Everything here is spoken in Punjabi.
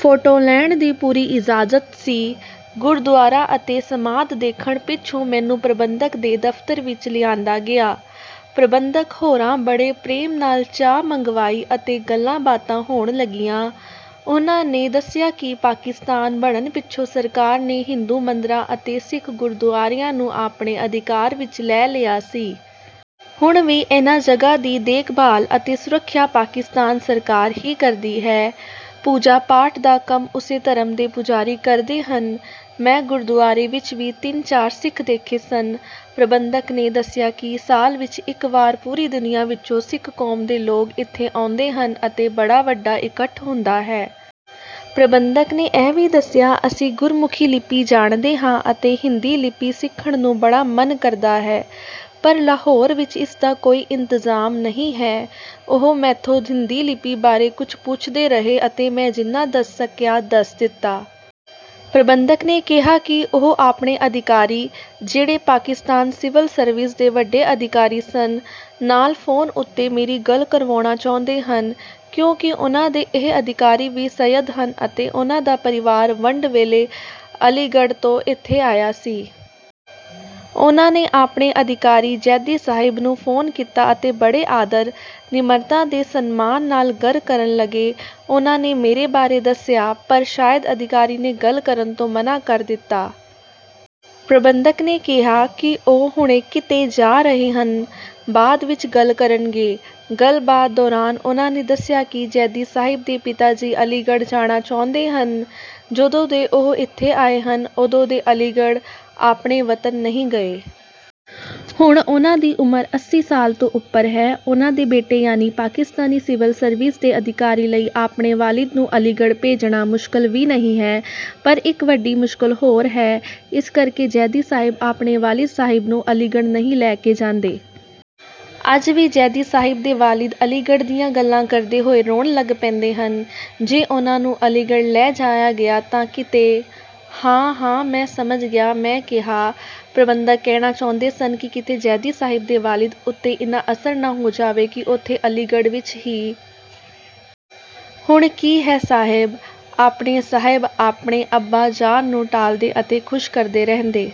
ਫ਼ੋਟੋ ਲੈਣ ਦੀ ਪੂਰੀ ਇਜਾਜ਼ਤ ਸੀ। ਗੁਰਦੁਆਰਾ ਅਤੇ ਸਮਾਧ ਦੇਖਣ ਪਿੱਛੋਂ ਮੈਨੂੰ ਪ੍ਰਬੰਧਕ ਦੇ ਦਫ਼ਤਰ ਵਿੱਚ ਲਿਆਂਦਾ ਗਿਆ। ਪ੍ਰਬੰਧਕ ਹੋਰਾਂ ਬੜੇ ਪ੍ਰੇਮ ਨਾਲ ਚਾਹ ਮੰਗਵਾਈ ਅਤੇ ਗੱਲਾਂ-ਬਾਤਾਂ ਹੋਣ ਲੱਗੀਆਂ। ਉਹਨਾਂ ਨੇ ਦੱਸਿਆ ਕਿ ਪਾਕਿਸਤਾਨ ਬਣਨ ਪਿੱਛੋਂ ਸਰਕਾਰ ਨੇ ਹਿੰਦੂ ਮੰਦਰਾਂ ਅਤੇ ਸਿੱਖ ਗੁਰਦੁਆਰਿਆਂ ਨੂੰ ਆਪਣੇ ਅਧਿਕਾਰ ਵਿੱਚ ਲੈ ਲਿਆ ਸੀ। ਹੁਣ ਵੀ ਇਹਨਾਂ ਜਗ੍ਹਾਂ ਦੀ ਦੇਖਭਾਲ ਅਤੇ ਸੁਰੱਖਿਆ ਪਾਕਿਸਤਾਨ ਸਰਕਾਰ ਹੀ ਕਰਦੀ ਹੈ। ਪੂਜਾ-ਪਾਠ ਦਾ ਕੰਮ ਉਸੇ ਧਰਮ ਦੇ ਪੁਜਾਰੀ ਕਰਦੇ ਹਨ। ਮੈਂ ਗੁਰਦੁਆਰੇ ਵਿੱਚ ਵੀ ਤਿੰਨ-ਚਾਰ ਸਿੱਖ ਦੇਖੇ ਸਨ। ਪ੍ਰਬੰਧਕ ਨੇ ਦੱਸਿਆ ਕਿ ਸਾਲ ਵਿੱਚ ਇੱਕ ਵਾਰ ਪੂਰੀ ਦੁਨੀਆ ਵਿੱਚੋਂ ਸਿੱਖ ਕੌਮ ਦੇ ਲੋਕ ਇੱਥੇ ਆਉਂਦੇ ਹਨ ਅਤੇ ਬੜਾ ਵੱਡਾ ਇਕੱਠ ਹੁੰਦਾ ਹੈ। ਪ੍ਰਬੰਧਕ ਨੇ ਇਹ ਵੀ ਦੱਸਿਆ, "ਅਸੀਂ ਗੁਰਮੁਖੀ ਲਿੱਪੀ ਜਾਣਦੇ ਹਾਂ ਅਤੇ ਹਿੰਦੀ ਲਿੱਪੀ ਸਿੱਖਣ ਨੂੰ ਬੜਾ ਮਨ ਕਰਦਾ ਹੈ, ਪਰ ਲਾਹੌਰ ਵਿੱਚ ਇਸ ਦਾ ਕੋਈ ਇੰਤਜ਼ਾਮ ਨਹੀਂ ਹੈ।" ਉਹ ਮੈਥੋਂ ਹਿੰਦੀ ਲਿੱਪੀ ਬਾਰੇ ਕੁਝ ਪੁੱਛਦੇ ਰਹੇ ਅਤੇ ਮੈਂ ਜਿੰਨਾ ਦੱਸ ਸਕਿਆ, ਦੱਸ ਦਿੱਤਾ। ਪ੍ਰਬੰਧਕ ਨੇ ਕਿਹਾ ਕਿ ਉਹ ਆਪਣੇ ਅਧਿਕਾਰੀ, ਜਿਹੜੇ ਪਾਕਿਸਤਾਨ ਸਿਵਲ ਸਰਵਿਸ ਦੇ ਵੱਡੇ ਅਧਿਕਾਰੀ ਸਨ, ਨਾਲ ਫ਼ੋਨ ਉੱਤੇ ਮੇਰੀ ਗੱਲ ਕਰਵਾਉਣਾ ਚਾਹੁੰਦੇ ਹਨ ਕਿਉਂਕਿ ਉਹਨਾਂ ਦੇ ਇਹ ਅਧਿਕਾਰੀ ਵੀ ਸੱਯਦ ਹਨ ਅਤੇ ਉਹਨਾਂ ਦਾ ਪਰਿਵਾਰ ਵੰਡ ਵੇਲੇ ਅਲੀਗੜ੍ਹ ਤੋਂ ਇੱਥੇ ਆਇਆ ਸੀ। ਉਹਨਾਂ ਨੇ ਆਪਣੇ ਅਧਿਕਾਰੀ ਜ਼ੈਦੀ ਸਾਹਿਬ ਨੂੰ ਫ਼ੋਨ ਕੀਤਾ ਅਤੇ ਬੜੇ ਆਦਰ, ਨਿਮਰਤਾ ਤੇ ਸਨਮਾਨ ਨਾਲ ਗੱਲ ਕਰਨ ਲੱਗੇ। ਉਹਨਾਂ ਨੇ ਮੇਰੇ ਬਾਰੇ ਦੱਸਿਆ, ਪਰ ਸ਼ਾਇਦ ਅਧਿਕਾਰੀ ਨੇ ਗੱਲ ਕਰਨ ਤੋਂ ਮਨ੍ਹਾ ਕਰ ਦਿੱਤਾ। ਪ੍ਰਬੰਧਕ ਨੇ ਕਿਹਾ ਕਿ ਉਹ ਹੁਣੇ ਕਿਤੇ ਜਾ ਰਹੇ ਹਨ, ਬਾਅਦ ਵਿੱਚ ਗੱਲ ਕਰਨਗੇ। ਗੱਲਬਾਤ ਦੌਰਾਨ ਉਹਨਾਂ ਨੇ ਦੱਸਿਆ ਕਿ ਜ਼ੈਦੀ ਸਾਹਿਬ ਦੇ ਪਿਤਾ ਜੀ ਅਲੀਗੜ੍ਹ ਜਾਣਾ ਚਾਹੁੰਦੇ ਹਨ। ਜਦੋਂ ਦੇ ਉਹ ਇੱਥੇ ਆਏ ਹਨ, ਉਦੋਂ ਦੇ ਅਲੀਗੜ੍ਹ, ਆਪਣੇ ਵਤਨ ਨਹੀਂ ਗਏ। ਹੁਣ ਉਹਨਾਂ ਦੀ ਉਮਰ ਅੱਸੀ ਸਾਲ ਤੋਂ ਉੱਪਰ ਹੈ। ਉਹਨਾਂ ਦੇ ਬੇਟੇ ਯਾਨੀ ਪਾਕਿਸਤਾਨੀ ਸਿਵਲ ਸਰਵਿਸ ਦੇ ਅਧਿਕਾਰੀ ਲਈ ਆਪਣੇ ਵਾਲਿਦ ਨੂੰ ਅਲੀਗੜ੍ਹ ਭੇਜਣਾ ਮੁਸ਼ਕਲ ਵੀ ਨਹੀਂ ਹੈ, ਪਰ ਇੱਕ ਵੱਡੀ ਮੁਸ਼ਕਲ ਹੋਰ ਹੈ, ਇਸ ਕਰਕੇ ਜ਼ੈਦੀ ਸਾਹਿਬ ਆਪਣੇ ਵਾਲਿਦ ਸਾਹਿਬ ਨੂੰ ਅਲੀਗੜ੍ਹ ਨਹੀਂ ਲੈ ਕੇ ਜਾਂਦੇ। "ਅੱਜ ਵੀ ਜ਼ੈਦੀ ਸਾਹਿਬ ਦੇ ਵਾਲਿਦ ਅਲੀਗੜ੍ਹ ਦੀਆਂ ਗੱਲਾਂ ਕਰਦੇ ਹੋਏ ਰੋਣ ਲੱਗ ਪੈਂਦੇ ਹਨ... ਜੇ ਉਹਨਾਂ ਨੂੰ ਅਲੀਗੜ੍ਹ ਲੈ ਜਾਇਆ ਗਿਆ ਤਾਂ ਕਿਤੇ..." "ਹਾਂ-ਹਾਂ, ਮੈਂ ਸਮਝ ਗਿਆ," ਮੈਂ ਕਿਹਾ। ਪ੍ਰਬੰਧਕ ਕਹਿਣਾ ਚਾਹੁੰਦੇ ਸਨ ਕਿ ਕਿਤੇ ਜ਼ੈਦੀ ਸਾਹਿਬ ਦੇ ਵਾਲਿਦ ਉੱਤੇ ਇੰਨਾ ਅਸਰ ਨਾ ਹੋ ਜਾਵੇ ਕਿ ਉੱਥੇ ਅਲੀਗੜ੍ਹ ਵਿੱਚ ਹੀ...। "ਹੁਣ ਕੀ ਹੈ ਸਾਹਿਬ... ਆਪਣੇ ਸਾਹਿਬ, ਆਪਣੇ ਅੱਬਾ ਜਾਨ ਨੂੰ ਟਾਲਦੇ ਅਤੇ ਖ਼ੁਸ਼ ਕਰਦੇ ਰਹਿੰਦੇ